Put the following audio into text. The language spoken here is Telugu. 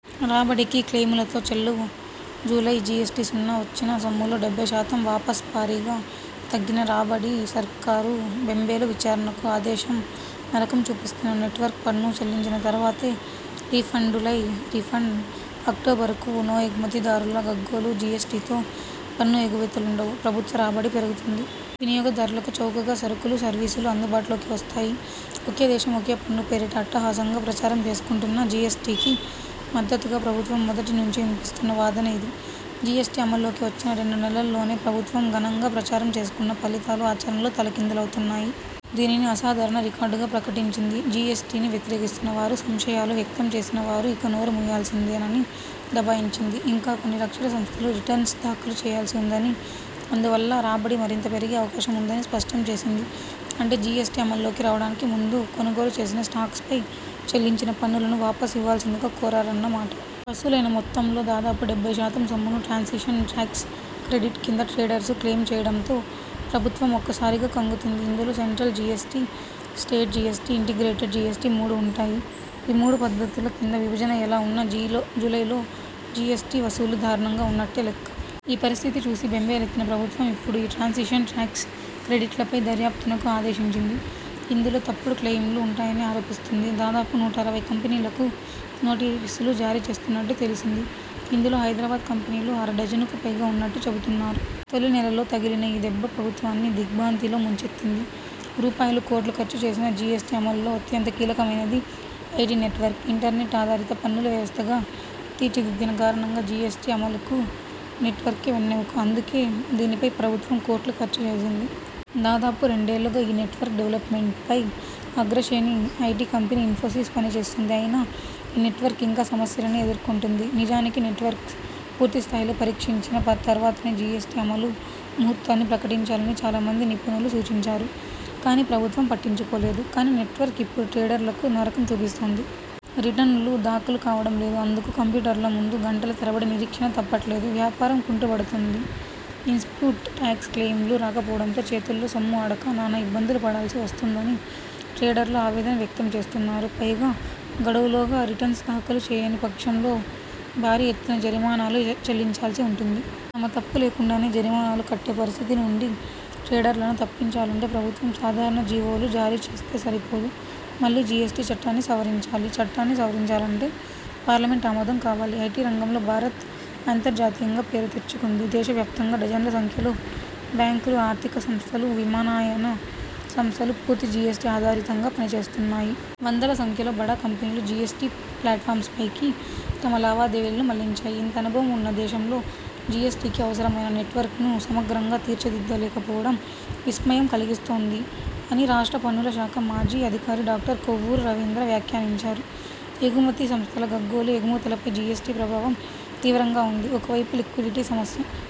రాబడికి క్లెయిములతో చెల్లు జూలై జీఎస్టీ సున్నా వచ్చిన సొమ్ములో డెబ్బై శాతం వాపస్భారీగా తగ్గిన రాబడి సర్కారు బెంబేలు విచారణకు ఆదేశంనరకం చూపిస్తున్న నెట్వర్క్ పన్ను చెల్లించిన తర్వాతే రిఫండ్జూలై రిఫండ్ అక్టోబరుకూ నో ఎగుమతి దారుల గగ్గోలు జీఎస్టీతో పన్ను ఎగవేతలుండవు. ప్రభుత్వ రాబడి పెరుగుతుంది. వినియోగదారులకు చౌకగా సరుకులు, సర్వీసులు అందుబాటులోకి వస్తాయి. ఒకే దేశం ఒకే పన్ను పేరిట అట్టహాసంగా ప్రచారం చేసుకుంటున్న జీఎస్టీకి మద్దతుగా ప్రభుత్వం మొదటి నుంచీ వినిపిస్తున్న వాదన ఇది. జీఎస్టీ అమల్లోకి వచ్చిన రెండు నెలల్లోనే ప్రభుత్వం ఘనంగా ప్రచారం చేసుకున్న ఫలితాలు ఆచరణలో తలకిందులవుతున్నాయి. దీనిని అసాధారణ రికార్డుగా ప్రకటించింది. జీఎస్టీని వ్యతిరేకిస్తున్న వారు, సంశయాలు వ్యక్తం చేసిన వారు ఇక నోరు మూయాల్సిందేనని దబాయించింది. ఇంకా కొన్ని లక్షల సంస్థలు రిటర్న్స్ దాఖలు చేయాల్సి ఉందని, అందువల్ల రాబడి మరింత పెరిగే అవకాశం ఉందని స్పష్టం చేసింది. అంటే, జీఎస్టీ అమల్లోకి రావడానికి ముందు కొనుగోలు చేసిన స్టాక్పై చెల్లించిన పన్నులను వాపస్ ఇవ్వాల్సిందిగా కోరారన్న మాట. వసూలైన మొత్తంలో దాదాపు డెబ్బై శాతం సొమ్మును ట్రాన్సిషనల్ టాక్స్ క్రెడిట్ కింద ట్రేడర్లు క్లెయిమ్ చేయడంతో ప్రభుత్వం ఒక్కసారిగా కంగుతింది ఇందులో central GST, state GST, integrated GST మూడూ ఉంటాయి. ఈ మూడు పద్దుల కింద విభజన ఎలా ఉన్నా జూలైలో జీఎస్టీ వసూళ్లు దారుణంగా ఉన్నట్టే లెక్క. ఈ పరిస్థితి చూసి బెంబేలెత్తిన ప్రభుత్వం ఇప్పుడు ఈ ట్రాన్సిషనల్ టాక్స్ క్రెడిట్లపై దర్యాప్తునకు ఆదేశించింది. ఇందు లో తప్పుడు క్లెయిమ్లు ఉంటాయని ఆరోపిస్తోంది. దాదాపు నూట అరవై కంపెనీలకు నోటీసులు జారీ చేస్తున్నట్టు తెలిసింది ఇందులో హైదరాబాద్ కంపెనీలు అర డజనుకుపైగా ఉన్నట్టు చెబుతున్నారు. తొలి నెలలో తగిలిన ఈ దెబ్బ ప్రభుత్వాన్ని దిగ్భ్రాంతి లో ముంచెత్తింది. రూపాయలు కోట్లు ఖర్చు చేసినా జీఎస్టీ అమల్లో అత్యంత కీలకమైనది ఐటీ నెట్వర్క్. ఇంటర్నెట్ ఆధారిత పన్నుల వ్యవస్థగా తీర్చిదిద్దిన కారణంగా జీఎస్టీ అమలుకు నెట్వర్కే వెన్నెముక. అందుకే దీనిపై ప్రభుత్వం కోట్లు ఖర్చు చేసింది. దాదాపు రెండేళ్లుగా ఈ నెట్వర్క్ డెవల్పమెంట్పై అగ్రశ్రేణి ఐటీ కంపెనీ ఇన్ఫోసిస్ పనిచేస్తోంది. అయినా ఈ నెట్వర్క్ ఇంకా సమస్యలనే ఎదుర్కొంటోంది. నిజానికి, నెట్వర్క్ను పూర్తిస్థాయిలో పరీక్షించిన తర్వాతనే జీఎస్టీ అమలు ముహూర్తాన్ని ప్రకటించాలని చాలామంది నిపుణులు సూచించారు. కానీ ప్రభుత్వం పట్టించుకోలేదు. కానీ, నెట్వర్క్ ఇప్పుడు ట్రేడర్లకు నరకం చూపిస్తోంది. రిటర్నులు దాఖలు కావడం లేదు. అందుకు కంప్యూటర్ల ముందు గంటల తరబడి నిరీక్షణ తప్పట్లేదు. వ్యాపారం కుంటుబడుతోందని, ఇన్పుట్ టాక్స్ క్లెయిమ్లు రాకపోవడంతో చేతుల్లో సొమ్ము ఆడక నానా ఇబ్బందులు పడాల్సి వస్తోందని ట్రేడర్లు ఆవేదన వ్యక్తం చేస్తున్నారు. పైగా గడువులోగా రిటర్న్స్ దాఖలు చేయని పక్షంలో భారీ ఎత్తున జరిమానాలు చెల్లించాల్సి ఉంటుంది. తమ తప్పు లేకుండానే జరిమానాలు కట్టే పరిస్థితి నుంచి ట్రేడర్లను తప్పించాలంటే ప్రభుత్వం సాధారణ జీవోలు జారీ చేస్తే సరిపోదు. మళ్లీ జీఎస్టీ చట్టాన్ని సవరించాలి. చట్టాన్ని సవరించాలంటే పార్లమెంట్ ఆమోదం కావాలి. ''ఐటీ రంగంలో భారత్ అంతర్జాతీయంగా పేరు తెచ్చుకుంది. దేశ వ్యాప్తంగా డజన్ల సంఖ్యలో బ్యాంకులు, ఆర్థిక సంస్థలు, విమానయాన సంస్థలు పూర్తి జీఎస్టీ ఆధారితంగా పని చేస్తున్నాయి. వందల సంఖ్యలో బడా కంపెనీలు జీఎస్టీ ప్లాట్ఫామ్పైకి తమ లావాదేవీలను మళ్లించాయి. ఇంత అనుభవం ఉన్న దేశంలో జీఎస్టీకి అవసరమైన నెట్వర్క్ను సమగ్రంగా తీర్చిదిద్దలేకపోవడం విస్మయం కలిగిస్తోంది'' అని రాష్ట్ర పన్నుల శాఖ మాజీ అధికారి డాక్టర్ కొవ్వూరు రవీంద్ర వ్యాఖ్యానించారు. ఎగుమతి సంస్థల గగ్గోలు ఎగుమతులపై జీఎస్టీ ప్రభావం తీవ్రంగా ఉంది. ఒకవైపు, లిక్విడిటీ సమస్య.